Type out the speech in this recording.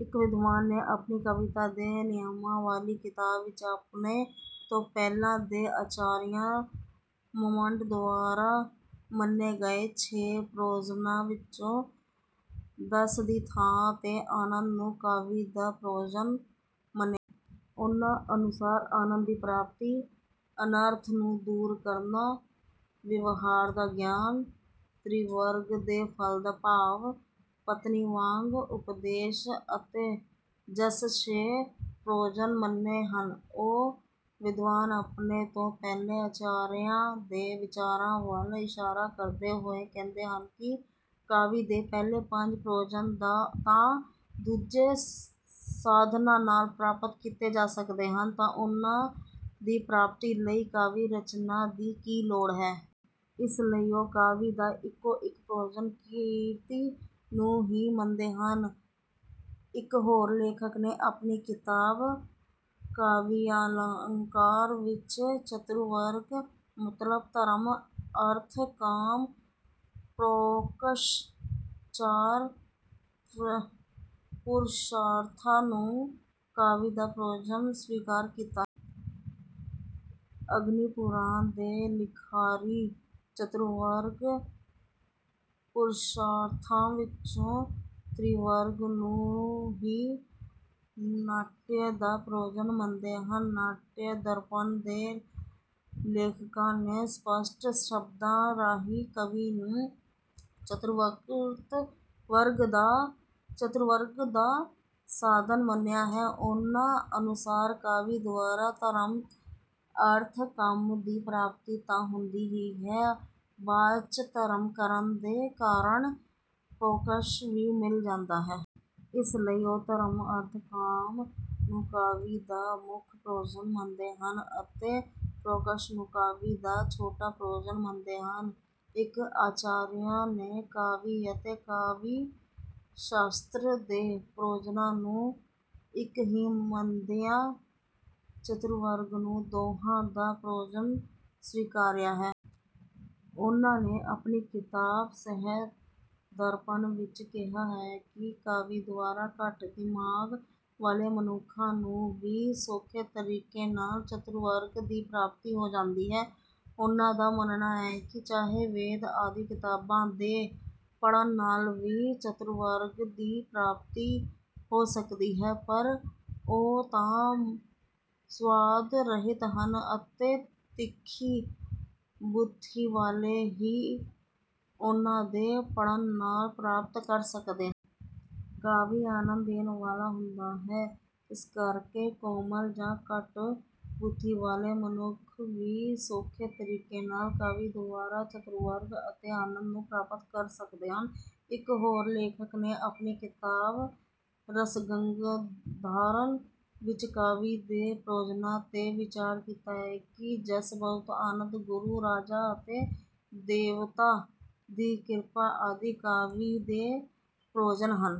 ਇੱਕ ਵਿਦਵਾਨ ਨੇ ਆਪਣੀ ਕਵਿਤਾ ਦੇ ਨਿਯਮਾਂ ਵਾਲੀ ਕਿਤਾਬ ਵਿੱਚ ਆਪਣੇ ਤੋਂ ਪਹਿਲਾਂ ਦੇ ਆਚਾਰੀਆ ਮੰਮਟ ਦੁਆਰਾ ਮੰਨੇ ਗਏ ਛੇ ਪ੍ਰਯੋਜਨਾਂ ਵਿੱਚੋਂ ਦਸ ਦੀ ਥਾਂ ਤੇ ਆਨੰਦ ਨੂੰ ਕਾਵਿ ਦਾ ਪ੍ਰਯੋਜਨ ਮੰਨਿਆ ਹੈ। ਉਹਨਾਂ ਅਨੁਸਾਰ ਆਨੰਦ ਦੀ ਪ੍ਰਾਪਤੀ, ਅਨਰਥ ਨੂੰ ਦੂਰ ਕਰਨਾ, ਵਿਵਹਾਰ ਦਾ ਗਿਆਨ, ਤ੍ਰਿਵਰਗ ਦੇ ਫ਼ਲ ਦਾ ਭਾਵ, ਪਤਨੀ ਵਾਂਗ ਉਪਦੇਸ਼ ਅਤੇ ਜਸ, ਛੇ ਪ੍ਰਯੋਜਨ ਮੰਨੇ ਹਨ। ਉਹ ਵਿਦਵਾਨ ਆਪਣੇ ਤੋਂ ਪਹਿਲੇ ਆਚਾਰੀਆਂ ਦੇ ਵਿਚਾਰਾਂ ਵੱਲ ਇਸ਼ਾਰਾ ਕਰਦੇ ਹੋਏ ਕਹਿੰਦੇ ਹਨ ਕਿ ਕਾਵੀ ਦੇ ਪਹਿਲੇ ਪੰਜ ਪ੍ਰਯੋਜਨ ਤਾਂ ਦੂਜੇ ਸਾਧਨਾਂ ਨਾਲ ਪ੍ਰਾਪਤ ਕੀਤੇ ਜਾ ਸਕਦੇ ਹਨ, ਤਾਂ ਉਹਨਾਂ ਦੀ ਪ੍ਰਾਪਤੀ ਲਈ ਕਾਵੀ-ਰਚਨਾ ਦੀ ਕੀ ਲੋੜ ਹੈ। ਇਸ ਲਈ ਉਹ ਕਾਵੀ ਦਾ ਇੱਕੋ- ਇੱਕ ਪ੍ਰਯੋਜਨ ਕੀਰਤੀ ਨੂੰ ਹੀ ਮੰਨਦੇ ਹਨ। ਇੱਕ ਹੋਰ ਲੇਖਕ ਨੇ ਆਪਣੀ ਕਿਤਾਬ ਕਾਵਿਆਲੰਕਾਰ ਵਿੱਚ ਚਤੁਰਵਰਗ ਮਤਲਬ ਧਰਮ, ਅਰਥ, ਕਾਮ, ਮੋਕ੍ਸ਼, ਚਾਰ ਪੁਰਸ਼ਾਰਥਾਂ ਨੂੰ ਕਾਵੀ ਦਾ ਪ੍ਰਯੋਜਨ ਸਵੀਕਾਰ ਕੀਤਾ ਹੈ। ਅਗਨੀਪੁਰਾਣ ਦੇ ਲਿਖਾਰੀ ਚਤੁਰਵਰਗ ਪੁਰਸ਼ਾਰਥਾਂ ਵਿੱਚੋਂ ਤ੍ਰਿਵਰਗ ਨੂੰ ਹੀ ਨਾਟਯ ਦਾ ਪ੍ਰਯੋਜਨ ਮੰਨਦੇ ਹਨ। ਨਾਟਯਦਰਪਣ ਦੇ ਲੇਖਕਾਂ ਨੇ ਸਪੱਸ਼ਟ ਸ਼ਬਦਾਂ ਰਾਹੀਂ ਕਾਵਿ ਨੂੰ ਚਤੁਰਵਰਗ ਦਾ ਸਾਧਨ ਮੰਨਿਆ ਹੈ। ਉਹਨਾਂ ਅਨੁਸਾਰ ਕਾਵਿ ਦੁਆਰਾ ਧਰਮ, ਅਰਥ, ਕਾਮ ਦੀ ਪ੍ਰਾਪਤੀ ਤਾਂ ਹੁੰਦੀ ਹੀ ਹੈ, ਬਾਅਦ ਚ ਧਰਮ ਕਰਨ ਦੇ ਕਾਰਣ ਮੋਕ੍ਸ਼ ਵੀ ਮਿਲ ਜਾਂਦਾ ਹੈ। ਇਸ ਲਈ ਉਹ ਧਰਮ, ਅਰਥ, ਕਾਮ ਨੂੰ ਕਾਵਿ ਦਾ ਮੁੱਖ ਪ੍ਰਯੋਜਨ ਮੰਨਦੇ ਹਨ ਅਤੇ ਮੋਕ੍ਸ਼ ਨੂੰ ਕਾਵਿ ਦਾ ਛੋਟਾ ਪ੍ਰਯੋਜਨ ਮੰਨਦੇ ਹਨ। ਇੱਕ ਆਚਾਰੀਆ ਨੇ ਕਾਵਿ ਅਤੇ ਕਾਵਿ-ਸ਼ਾਸਤਰ ਦੇ ਪ੍ਰਯੋਜਨਾਂ ਨੂੰ ਇੱਕ ਹੀ ਮੰਨਦਿਆਂ ਚਤੁਰਵਰਗ ਨੂੰ ਦੋਵਾਂ ਦਾ ਪ੍ਰਯੋਜਨ ਸਵਿਕਾਰਿਆ ਹੈ। ਉਹਨਾਂ ਨੇ ਆਪਣੀ ਕਿਤਾਬ ਸਾਹਿਤਦਰਪਣ ਵਿੱਚ ਕਿਹਾ ਹੈ ਕਿ ਕਾਵਿ ਦੁਆਰਾ ਘੱਟ ਦਿਮਾਗ ਵਾਲੇ ਮਨੁੱਖਾਂ ਨੂੰ ਵੀ ਸੌਖੇ ਤਰੀਕੇ ਨਾਲ ਚਤੁਰਵਰਗ ਦੀ ਪ੍ਰਾਪਤੀ ਹੋ ਜਾਂਦੀ ਹੈ। ਉਹਨਾਂ ਦਾ ਮੰਨਣਾ ਹੈ ਕਿ ਚਾਹੇ ਵੇਦ ਆਦਿ ਕਿਤਾਬਾਂ ਦੇ ਪੜ੍ਹਨ ਨਾਲ ਵੀ ਚਤੁਰਵਰਗ ਦੀ ਪ੍ਰਾਪਤੀ ਹੋ ਸਕਦੀ ਹੈ, ਪਰ ਉਹ ਤਾਂ ਸੁਆਦ ਰਹਿਤ ਹਨ ਅਤੇ ਤਿੱਖੀ ਬੁੱਧੀ ਵਾਲੇ ਹੀ ਉਹਨਾਂ ਦੇ ਪੜ੍ਹਨ ਨਾਲ ਪ੍ਰਾਪਤ ਕਰ ਸਕਦੇ ਕਾਵਿ ਆਨੰਦ ਦੇਣ ਵਾਲਾ ਹੁੰਦਾ ਹੈ, ਇਸ ਕਰਕੇ ਕੋਮਲ ਜਾਂ ਘੱਟ ਬੁੱਧੀ ਵਾਲੇ ਮਨੁੱਖ ਵੀ ਸੌਖੇ ਤਰੀਕੇ ਨਾਲ, ਕਾਵਿ ਦੁਆਰਾ ਚਤੁਰਵਰਗ ਅਤੇ ਆਨੰਦ ਨੂੰ ਪ੍ਰਾਪਤ ਕਰ ਸਕਦੇ ਹਨ। ਇੱਕ ਹੋਰ ਲੇਖਕ ਨੇ ਆਪਣੀ ਕਿਤਾਬ ਰਸਗੰਗਾਧਰ ਵਿੱਚ ਕਾਵਿ ਦੇ ਪ੍ਰਯੋਜਨਾਂ ਤੇ ਵਿਚਾਰ ਕੀਤਾ ਹੈ ਕਿ ਜਸ, ਬਹੁਤ ਆਨੰਦ, ਗੁਰੂ, ਰਾਜਾ ਅਤੇ ਦੇਵਤਾ ਦੀ ਕਿਰਪਾ ਆਦਿ ਕਾਵਿ ਦੇ ਪ੍ਰਯੋਜਨ ਹਨ।